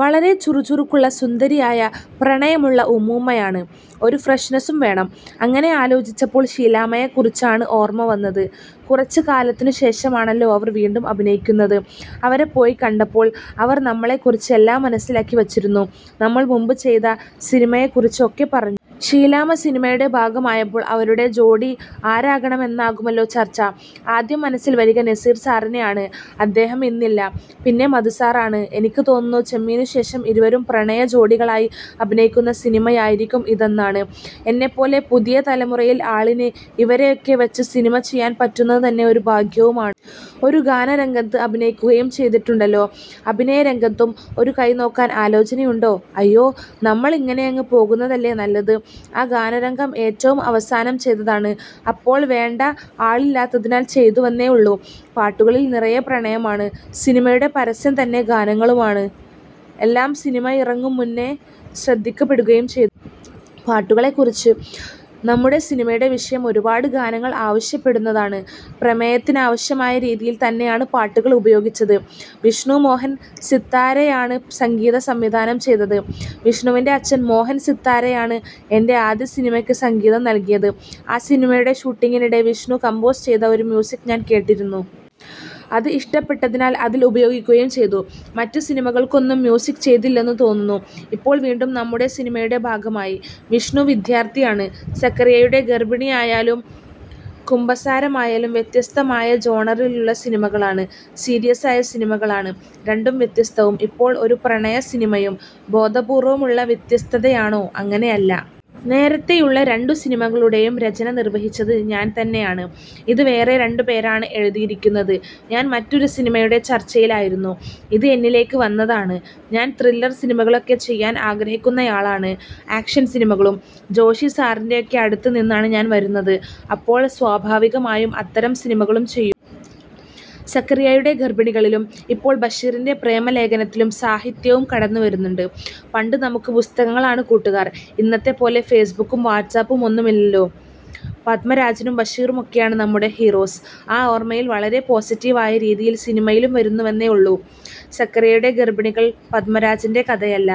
വളരെ ചുറുചുറുക്കുള്ള, സുന്ദരിയായ, പ്രണയമുള്ള ഉമ്മൂമ്മയാണ്. ഒരു ഫ്രഷ്നസും വേണം. അങ്ങനെ ആലോചിച്ചപ്പോൾ ഷീലാമ്മയെക്കുറിച്ചാണ് ഓർമ്മ വന്നത്. കുറച്ച് കാലത്തിനു ശേഷമാണല്ലോ അവർ വീണ്ടും അഭിനയിക്കുന്നത്. അവരെ പോയി കണ്ടപ്പോൾ അവർ നമ്മളെ കുറിച്ച് എല്ലാം മനസ്സിലാക്കി വച്ചിരുന്നു. നമ്മൾ മുമ്പ് ചെയ്ത സിനിമയെ കുറിച്ച് ഒക്കെ പറഞ്ഞു. ഷീലാമ്മ സിനിമയുടെ ഭാഗമായപ്പോൾ അവരുടെ ജോഡി ആരാകണമെന്നാകുമല്ലോ ചർച്ച. ആദ്യം മനസ്സിൽ വരിക നസീർ സാറിനെയാണ്. അദ്ദേഹം ഇന്നില്ല. പിന്നെ മധുസാറാണ്. എനിക്ക് തോന്നുന്നു ചെമ്മീനു ശേഷം ഇരുവരും പ്രണയജോഡികളായി അഭിനയിക്കുന്ന സിനിമയായിരിക്കും ഇതെന്നാണ്. എന്നെപ്പോലെ പുതിയ തലമുറയിലെ ആളിന് ഇവരെയൊക്കെ വച്ച് സിനിമ ചെയ്യാൻ പറ്റുന്നതു തന്നെ ഒരു ഭാഗ്യവും ആണ്. ഒരു ഗാനരംഗത്ത് അഭിനയിക്കുകയും ചെയ്തിട്ടുണ്ടല്ലോ? അഭിനയരംഗത്തും ഒരു കൈനോക്കാൻ ആലോചനയുണ്ടോ? അയ്യോ, നമ്മൾ ഇങ്ങനെയങ്ങ് പോകുന്നതല്ലേ നല്ലത്. ആ ഗാനരംഗം ഏറ്റവും അവസാനം ചെയ്തതാണ്. അപ്പോൾ വേണ്ട ആളില്ലാത്തതിനാൽ ചെയ്തുവെന്നേ ഉള്ളൂ. പാട്ടുകളിൽ നിറയെ പ്രണയമാണ്. സിനിമയുടെ പരസ്യം തന്നെ ഗാനങ്ങളുമാണ്. എല്ലാം സിനിമയിറങ്ങും മുന്നേ ശ്രദ്ധിക്കപ്പെടുകയും ചെയ്തു. പാട്ടുകളെ കുറിച്ച്? നമ്മുടെ സിനിമയുടെ വിഷയം ഒരുപാട് ഗാനങ്ങൾ ആവശ്യപ്പെടുന്നതാണ്. പ്രമേയത്തിനാവശ്യമായ രീതിയിൽ തന്നെയാണ് പാട്ടുകൾ ഉപയോഗിച്ചത്. വിഷ്ണു മോഹൻ സിത്താരയാണ് സംഗീതസംവിധാനം ചെയ്തത്. വിഷ്ണുവിന്റെ അച്ഛൻ മോഹൻ സിത്താരയാണ് എന്റെ ആദ്യ സിനിമയ്ക്ക് സംഗീതം നൽകിയത്. ആ സിനിമയുടെ ഷൂട്ടിംഗിനിടെ വിഷ്ണു കമ്പോസ് ചെയ്ത ഒരു മ്യൂസിക് ഞാൻ കേട്ടിരുന്നു. അത് ഇഷ്ടപ്പെട്ടതിനാൽ അതിൽ ഉപയോഗിക്കുകയും ചെയ്തു. മറ്റ് സിനിമകൾക്കൊന്നും മ്യൂസിക് ചെയ്തില്ലെന്നു തോന്നുന്നു. ഇപ്പോൾ വീണ്ടും നമ്മുടെ സിനിമയുടെ ഭാഗമായി. വിഷ്ണു വിദ്യാർഥിയാണ്. സക്കറിയയുടെ ഗർഭിണിയായാലും കുമ്പസാരമായാലും വ്യത്യസ്തമായ ജോണറിലുള്ള സിനിമകളാണ്. സീരിയസായ സിനിമകളാണ്. രണ്ടും വ്യത്യസ്തവും. ഇപ്പോൾ ഒരു പ്രണയസിനിമയും. ബോധപൂർവമുള്ള വ്യത്യസ്തതയാണോ? അങ്ങനെയല്ല. നേരത്തെയുള്ള രണ്ടു സിനിമകളുടെയും രചന നിർവഹിച്ചത് ഞാൻ തന്നെയാണ്. ഇത് വേറെ രണ്ടുപേരാണ് എഴുതിയിരിക്കുന്നത്. ഞാൻ മറ്റൊരു സിനിമയുടെ ചർച്ചയിലായിരുന്നു. ഇത് എന്നിലേക്ക് വന്നതാണ്. ഞാൻ ത്രില്ലർ സിനിമകളൊക്കെ ചെയ്യാൻ ആഗ്രഹിക്കുന്നയാളാണ്. ആക്ഷൻ സിനിമകളും. ജോഷി സാറിന്റെയൊക്കെ അടുത്തു നിന്നാണ് ഞാൻ വരുന്നത്. അപ്പോൾ സ്വാഭാവികമായും അത്തരം സിനിമകളും ചെയ്യും. സക്കറിയയുടെ ഗർഭിണികളിലും ഇപ്പോൾ ബഷീറിന്റെ പ്രേമലേഖനത്തിലും സാഹിത്യവും കടന്നുവരുന്നുണ്ട്? പണ്ട് നമുക്ക് പുസ്തകങ്ങളാണ് കൂട്ടുകാർ. ഇന്നത്തെപ്പോലെ ഫേസ്ബുക്കും വാട്സ് ആപ്പും ഒന്നുമല്ലല്ലോ? പദ്മരാജനും ബഷീറുമൊക്കെയാണ് നമ്മുടെ ഹീറോസ്. ആ ഓർമ്മയിൽ വളരെ പോസറ്റീവ് ആയ രീതിയിൽ സിനിമയിലും വരുന്നുവെന്നേ ഉള്ളൂ. സക്കറിയയുടെ ഗർഭിണികൾ പദ്മരാജന്റെ കഥയല്ല.